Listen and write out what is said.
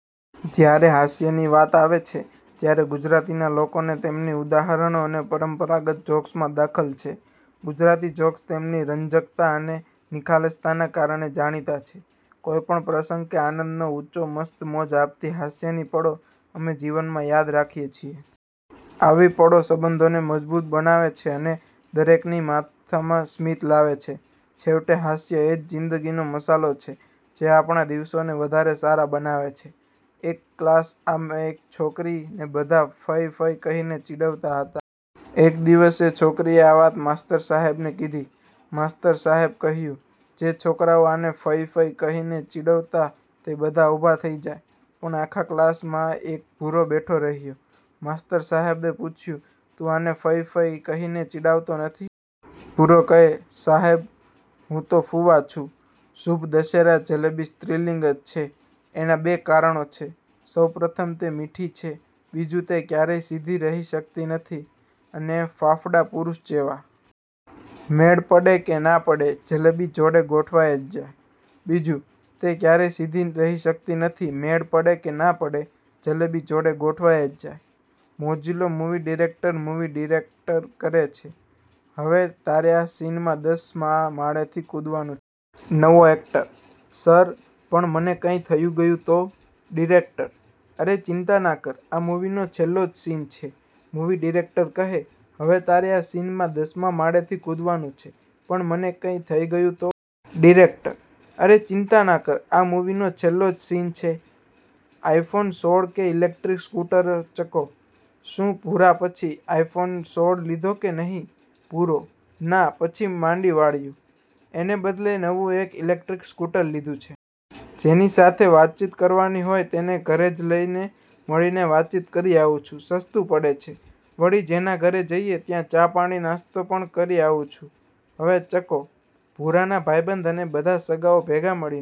જ્યારે હાસ્યની વાત આવે છે, ત્યારે ગુજરાતીના લોકોને તેમની ઉદાહરણો અને પરંપરાગત જોક્સમાં દખલ છે. ગુજરાતી જોક્સ તેમની રંજકતા અને નિખાલસતાના કારણે જાણીતા છે. કોઈપણ પ્રસંગ કે આનંદનો ઊંચો મસ્ત મોજ આપતી હાસ્યની પળો અમે જીવનમાં યાદ રાખીએ છીએ. આવી પળો સંબંધોને મજબૂત બનાવે છે અને દરેકની માથામાં સ્મિત લાવે છે. છેવટે, હાસ્ય એ જ જિંદગીનો મસાલો છે, જે આપણા દિવસોને વધારે સારા બનાવે છે. એક ક્લાસ આમા એક છોકરી ને બધા "ફય" "ફય" કહી ને ચીડવતા હતા. એક દિવસ એ છોકરીએ આ વાત માસ્તર સાહેબ ને કિધી. માસ્તર સાહેબ કહ્યું: જે છોકરાઓ આને,"ફય" "ફય" કહી ને ચીડવતા તે બધા ઊભા થઈ જાય. પણ આખા ક્લાસમાં એક ભૂરો બેઠો રયો. માસ્તર સહેબે પૂછ્યું: તું આને "ફય" "ફય" કહી ને ચીડવતો નથી? ભૂરો કહે: સાયબ હું તો "ફુવા" છું. શુભ દશેરા જલેબી સ્ત્રીલિંગ જ છે.. એના બે કારણો છે.. સૌ પ્રથમ તે મીઠી છે, બીજું, તે ક્યારેય સીધી રહી શકતી નથી.. અને ફાફડા પુરુષ જેવા? મેળ પડે કે ના પડે જલેબી જોડે ગોઠવાઈ જ જાય.. બીજું, તે ક્યારેય સીધી રહી શકતી નથી.. મેળ પડે કે ના પડે જલેબી જોડે ગોઠવાઈ જ જાય.. મોજીલો મુવી ડિરેકટર મુવી ડિરેકટર કરે છે: હવે તારે આ સીનમાં દસ માં માળેથી કૂદવાનું નવો એકટર: સર, પણ મને કંઇ થઇ ગયું તો? ડિરેકટર: અરે ચિંતા ના કર, આ મુવીનો છેલ્લો જ સીન છે. મુવી ડિરેકટર કહે: હવે તારે આ સીનમાં દસ માં માળેથી કૂદવાનું છે. પણ મને કંઇ થઇ ગયું તો? ડિરેકટર: અરે ચિંતા ના કર, આ મુવીનો છેલ્લો જ સીન છે. આઈફોન સોળ કે ઇલેકટ્રીક સ્કૂટર ચકો: શું ભૂરા પછી "આઈફોન સોળ" લીધો કે નહિ? ભૂરો: ના, પછી માંડી વાળ્યું. એને બદલે નવું એક "ઇલેકટ્રીક સ્કૂટર" લીધું છે. જેની સાથે વાતચીત કરવાની હોય તેને ઘરેજ લઈ ને મળીને વાતચીત કરી આવું છું. સસ્તું પડે છે, વળી જેના ઘેર જઈએ ત્યાં ચા-પાણી-નાસ્તો પણ કરી આવું છું. હવે ચકો, ભૂરાના ભાઈબંધ અને બધા સગાઓ ભેગા મળી